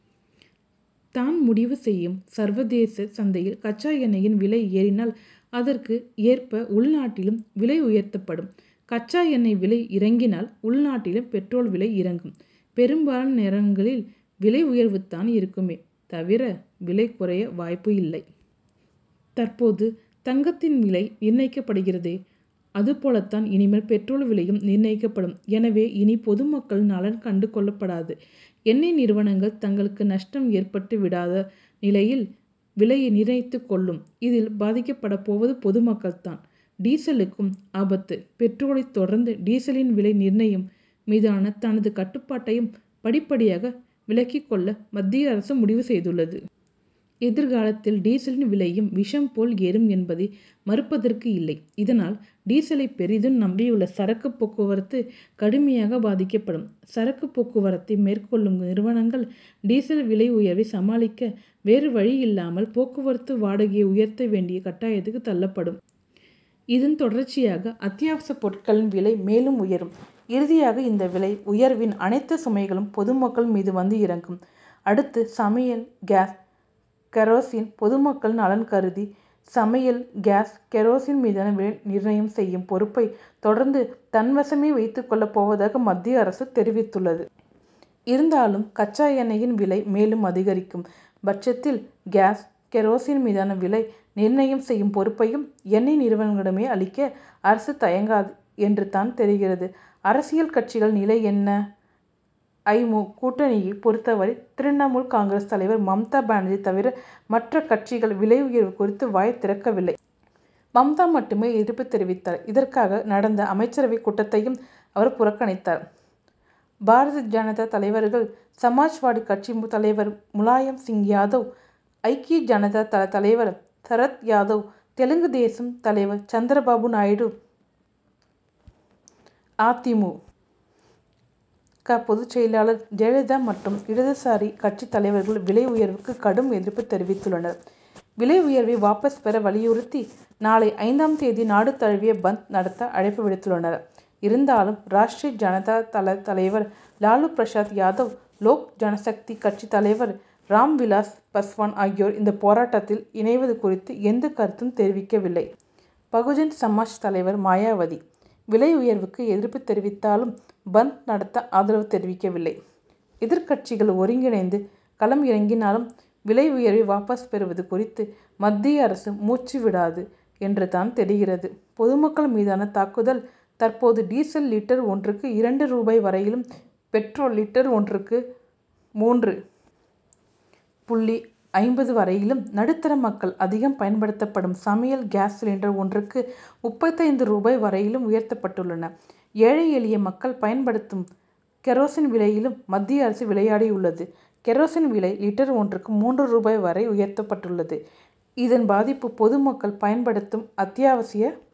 தான் முடிவு செய்யும். சர்வதேச சந்தையில் கச்சா எண்ணெயின் விலை ஏறினால், அதற்கு ஏற்ப உள்நாட்டிலும் விலை உயர்த்தப்படும். கச்சா எண்ணெய் விலை இறங்கினால், உள்நாட்டிலும் பெட்ரோல் விலை இறங்கும். பெரும்பான நேரங்களில் விலை உயர்வு தான் இருக்குமே தவிர, விலை குறைய வாய்ப்பு இல்லை. தற்போது தங்கத்தின் விலை நிர்ணயிக்கப்படுகிறதே, அதுபோல் தான் இனிமேல் பெட்ரோல் விலையும் நிர்ணயிக்கப்படும். எனவே, இனி பொதுமக்கள் நலன் கண்டு கொள்ளப்படாது. எண்ணெய் நிறுவனங்கள், தங்களுக்கு நஷ்டம் ஏற்பட்டு விடாத வகையில் விலையை நிர்ணயித்துக் கொள்ளும். இதில் பாதிக்கப்படப் போவது பொதுமக்கள் தான். டீசலுக்கும் ஆபத்து பெட்ரோலைத் தொடர்ந்து, டீசலின் விலை நிர்ணயம் மீதான தனது கட்டுப்பாட்டையும் படிப்படியாக விலக்கிக் கொள்ள மத்திய அரசு முடிவு செய்துள்ளது. எதிர்காலத்தில் டீசலின் விலையும் விஷம் போல் ஏறும் என்பதை மறுப்பதற்கு இல்லை. இதனால், டீசலை பெரிதும் நம்பியுள்ள சரக்கு போக்குவரத்து கடுமையாக பாதிக்கப்படும். சரக்கு போக்குவரத்தை மேற்கொள்ளும் நிறுவனங்கள், டீசல் விலை உயர்வை சமாளிக்க, வேறு வழியில்லாமல் போக்குவரத்து வாடகையை உயர்த்த வேண்டிய கட்டாயத்துக்கு தள்ளப்படும். இதன் தொடர்ச்சியாக அத்தியாவசியப் பொருட்கள் விலை மேலும் உயரும். இறுதியாக, இந்த விலை உயர்வின் அனைத்து சுமைகளும் பொதுமக்களின் மீது வந்து இறங்கும். அடுத்து சமையல் காஸ், கெரோசின்? பொதுமக்களின் நலன் கருதி, சமையல் காஸ், கெரசின் மீதான விலை நிர்ணயம் செய்யும் பொறுப்பை, தொடர்ந்து தன்வசமே வைத்துக் கொள்ளப் போவதாக மத்திய அரசு தெரிவித்துள்ளது. இருந்தாலும், கச்சா எண்ணெயின் விலை மேலும் அதிகரிக்கும் பட்சத்தில் காஸ், கெரசின் மீதான விலை நிர்ணயம் செய்யும் பொறுப்பையும், எண்ணெய் நிறுவனங்களிடமே அளிக்க, அரசு தயங்காது என்று தான் தெரிகிறது. அரசியல் கட்சிகளின் நிலை என்ன? ஐ. மு., கூட்டணியை பொறுத்தவரை, திரிணமுல் காங்கிரஸ் தலைவர் மம்தா பானர்ஜி தவிர, மற்ற கட்சிகள் விலை உயர்வு குறித்து வாய் திறக்கவில்லை. மம்தா மட்டுமே எதிர்ப்பு தெரிவித்தார். இதற்காக நடந்த அமைச்சரவை கூட்டத்தையும் அவர் புறக்கணித்தார். பா. ஜ., தலைவர்கள், சமாஜ்வாடி கட்சி தலைவர் முலாயம் சிங் யாதவ், ஐக்கிய ஜனதா தள தலைவர் சரத் யாதவ், தெலுங்கு தேசம் தலைவர் சந்திரபாபு நாயுடு, அ. தி. மு. க., பொதுச் செயலர் ஜெயலலிதா மற்றும் இடதுசாரி கட்சி தலைவர்கள் விலை உயர்வுக்கு கடும் எதிர்ப்பு தெரிவித்துள்ளனர். விலை உயர்வை வாபஸ் பெற வலியுறுத்தி, நாளை ஐந்தாம் தேதி நாடு தழுவிய பந்த் நடத்த அழைப்பு விடுத்துள்ளனர். இருந்தாலும், ராஷ்டிரிய ஜனதா தள தலைவர் லாலு பிரசாத் யாதவ், லோக் ஜனசக்தி கட்சி தலைவர் ராம்விலாஸ் பஸ்வான் ஆகியோர் இந்த போராட்டத்தில் இணைவது குறித்து எந்த கருத்தும் தெரிவிக்கவில்லை. பகுஜன் சமாஜ் தலைவர் மாயாவதி, விலை உயர்வுக்கு எதிர்ப்பு தெரிவித்தாலும், பந்த் நடத்த ஆதரவு தெரிவிக்கவில்லை. எதிர்க்கட்சிகள் ஒருங்கிணைந்து களம் இறங்கினாலும், விலை உயர்வை வாபஸ் பெறுவது குறித்து, மத்திய அரசு மூச்சு விடாது என்று தான் தெரிகிறது. பொதுமக்கள் மீதான தாக்குதல் தற்போது டீசல் லிட்டர் ஒன்றுக்கு இரண்டு ரூபாய் வரையிலும், பெட்ரோல் லிட்டர் ஒன்றுக்கு ரூ.மூன்று புள்ளி ஐம்பது வரையிலும், நடுத்தர மக்கள் அதிகம் பயன்படுத்தப்படும் சமையல் காஸ் சிலிண்டர் ஒன்றுக்கு முப்பத்தைந்து ரூபாய் வரையிலும் உயர்த்தப்பட்டுள்ளன. ஏழை, எளிய மக்கள் பயன்படுத்தும் கெரசின் விலையிலும் மத்திய அரசு விளையாடியுள்ளது. கெரசின் விலை லிட்டர் ஒன்றுக்கு மூன்று ரூபாய் வரை உயர்த்தப்பட்டுள்ளது. இதன்பாதிப்பு, பொதுமக்கள் பயன்படுத்தும் அத்தியாவசிய